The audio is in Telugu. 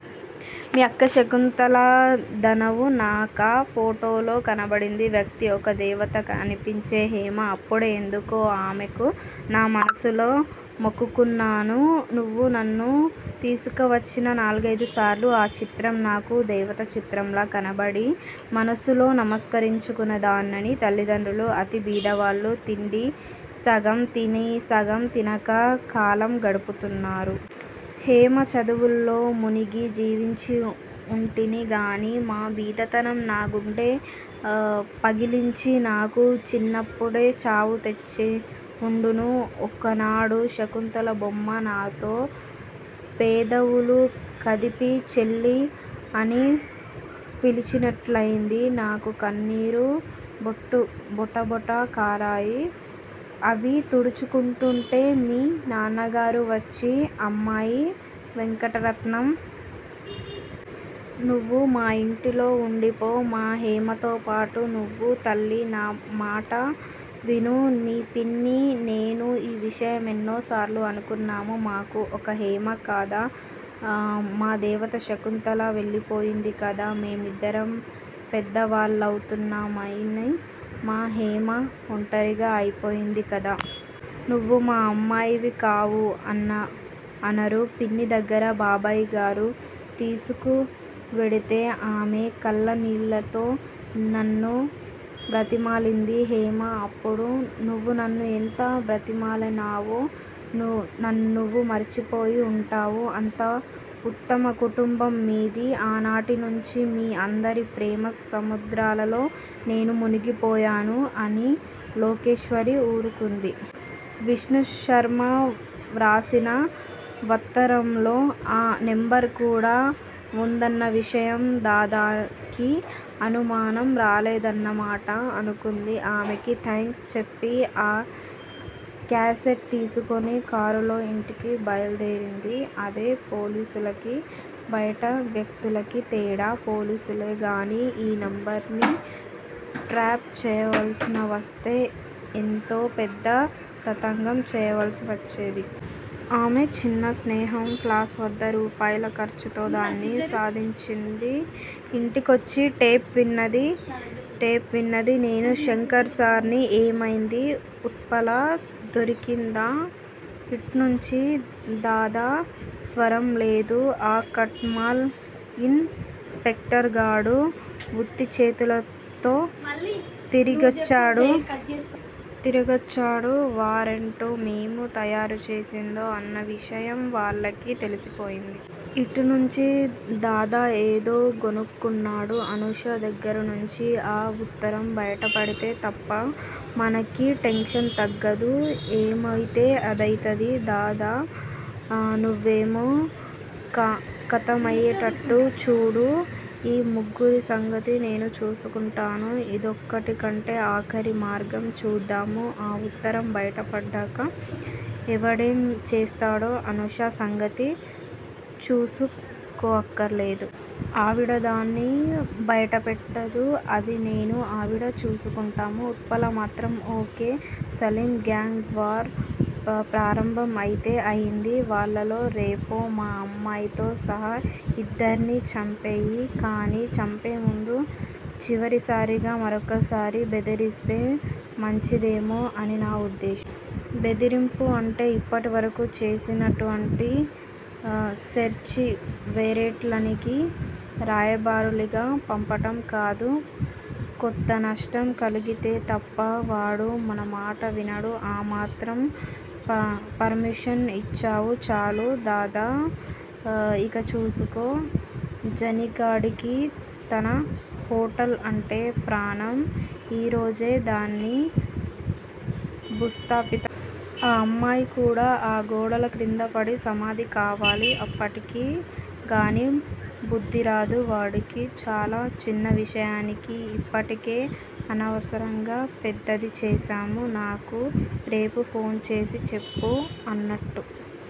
మీ అక్క శకుంతలదన్నావు. నాకా ఫొటోలో కనబడిన వ్యక్తి ఒక దేవతే అనిపించింది హేమా. అప్పుడే ఎందుకో ఆమెకు నా మనస్సులో మొక్కుకొన్నాను. నువ్వు నన్ను తీసుకువచ్చిన నాల్గయిదుసారులు ఆ చిత్రం నాకు దేవతా చిత్రంలా కనబడి మనస్సులో నమస్కరించుకొనేదానిని. తల్లిదండ్రులు అతి బీదవాళ్ళు. తిండి సగం తినీ సగం తినకా కాలం గడుపుతున్నారు. హేమా, చదువులో మునిగి జీవించి ఉంటిని గాని మా బీదతనం నా గుండె పగిల్చి నాకు చిన్ననాడే చావుతెచ్చిఉండును. ఒకనాడు శకుంతల బొమ్మ నాతో పెదవులు కదిపి చెల్లీ అని పిలచినట్లయింది. నాకు కన్నీరు బొటబొట కారాయి. అవి తుడుచుకొంటూంటే మీ నాన్నగారు వచ్చి అమ్మాయీ వెంకటరత్నం! నువ్వు మా యింటిలో వుండిపో. మా హేమతోపాటే నువ్వు. తల్లీ, నా మాట విను. మీ పిన్నీ, నేనూ ఈ విషయం ఎన్నిసార్లో అనుకున్నాం. మాకు ఒక్క హేమే కదా! మా దేవత శకుంతల వెళ్ళిపోయింది కదా! మేం ఇద్దరం పెద్దవాళ్ళ మవుతున్నాము. మా హేమ ఒంటరి అయిపోయింది కదా! నువ్వు మా అమ్మాయివి కావూ? అన్నారు. పిన్ని దగ్గరకు బాబాయిగారు తీసుకువెడితే, ఆమె కళ్ళనీళ్ళతో నన్ను బ్రతిమాలింది. హేమా! అప్పుడు నువ్వూ నన్ను ఎంత బ్రతిమాలినావో, నువ్వు మరిచిపోయి ఉంటావు. అంత ఉత్తమ కుటుంబం మీది. ఆనాటినుంచీ మీ అందరి ప్రేమసముద్రాలలో నేను మునిగిపోయాను! అని లోకేశ్వరి ఊరుకుంది. విష్ణు శర్మ వ్రాసిన వుత్తరంలో ఆ నెంబర్ కూడా వుందన్న విషయం, దాదాకి అనుమానం రాలేదన్నమాట అనుకుంది. ఆమెకి థాంక్స్ చెప్పి ఆ క్యాసెట్ తీసుకుని కారులో ఇంటికి బయల్దేరింది. అదే పోలీసులకీ, బయటి వ్యక్తులకీ తేడా! పోలీసులే గానీ ఈ నెంబర్ ని ట్రాప్ చేయవలసి వస్తే ఎంతో పెద్ద తతంగం చేయవలసి వచ్చేది. ఆమె చిన్న స్నేహం ప్లస్ వంద రూపాయిల ఖర్చుతో దాన్ని సాధించింది. ఇంటికొచ్చి టేప్ విన్నది. నేనూ శంకర్ ని ఏమైంది? ఉత్పల దొరికిందా? ఇట్నుంచి దాదా స్వరం. లేదు. ఆ కట్ మల్ ఇన్ స్పెక్టర్ గాడు వుత్తిచేతుల్తో తిరిగొచ్చాడు. వారెంటు మేము తయారుచేసిందే అన్న విషయం వాళ్ళకి తెలిసిపోయింది. ఇట్నుంచి దాదా ఏదో గొణుక్కున్నాడు. అనూష దగ్గిర్నుంచి ఆ వుత్తరం బయటపడితే తప్ప మనకీ టెన్షన్ తగ్గదు. ఏమయితే అదయింది దాదా. నువ్వామె ఖతమయ్యేట్టు చూడు. ఈ ముగ్గురి సంగతి నేను చూసుకుంటాను. ఇదొక్కటే ఆఖరి మార్గం. చూద్దాం ఆ వుత్తరం బయట పడ్డాక ఎవడేం చేస్తాడో అనూష సంగతి చూసుకోనక్కర్లేదు. ఆవిడ దాన్ని బయటపెట్టదు. అది నేనూ ఆవిడా చూసుకుంటాం. ఉత్పల మాత్రం okay Salim- gang war ప్రారంభం అయితే అయింది. ఇవ్వాళో రేపో ఆ అమ్మాయితో సహా ఇద్దర్నీ చంపెయ్యి. కానీ చంపేముందు చివరిసారిగా మరొకసారి బెదిరిస్తే మంచిదేమో అని నా వుద్దేశ్యం. బెదిరింపు అంటే ఇప్పటివరకూ చేసినట్టు సెర్చి వారెంట్లని- రాయబారులని పంపటం కాదు. కొంత నష్టం కలిగిస్తే తప్ప వాడు మనమాట వినడు. ఆ మాత్రం పర్మిషన్ ఇచ్చావ్ చాలు దాదా! ఇక చూసుకో! జానీగాడికి తన హొటల్ అంటే ప్రాణం. ఈ రోజే దాన్ని భూస్థాపితం చేస్తాం. ఆ అమ్మాయి కూడా ఆ గోడల క్రిందపడి సమాధి కావాలి. అప్పటికి గానీ బుద్ధిరాదు వాడికి. చాలా చిన్న విషయాన్ని ఇప్పటికే అనవసరంగా పెద్దది చేసాం నాకు రేపు ఫోన్ చేసి చెప్పు. అన్నట్టు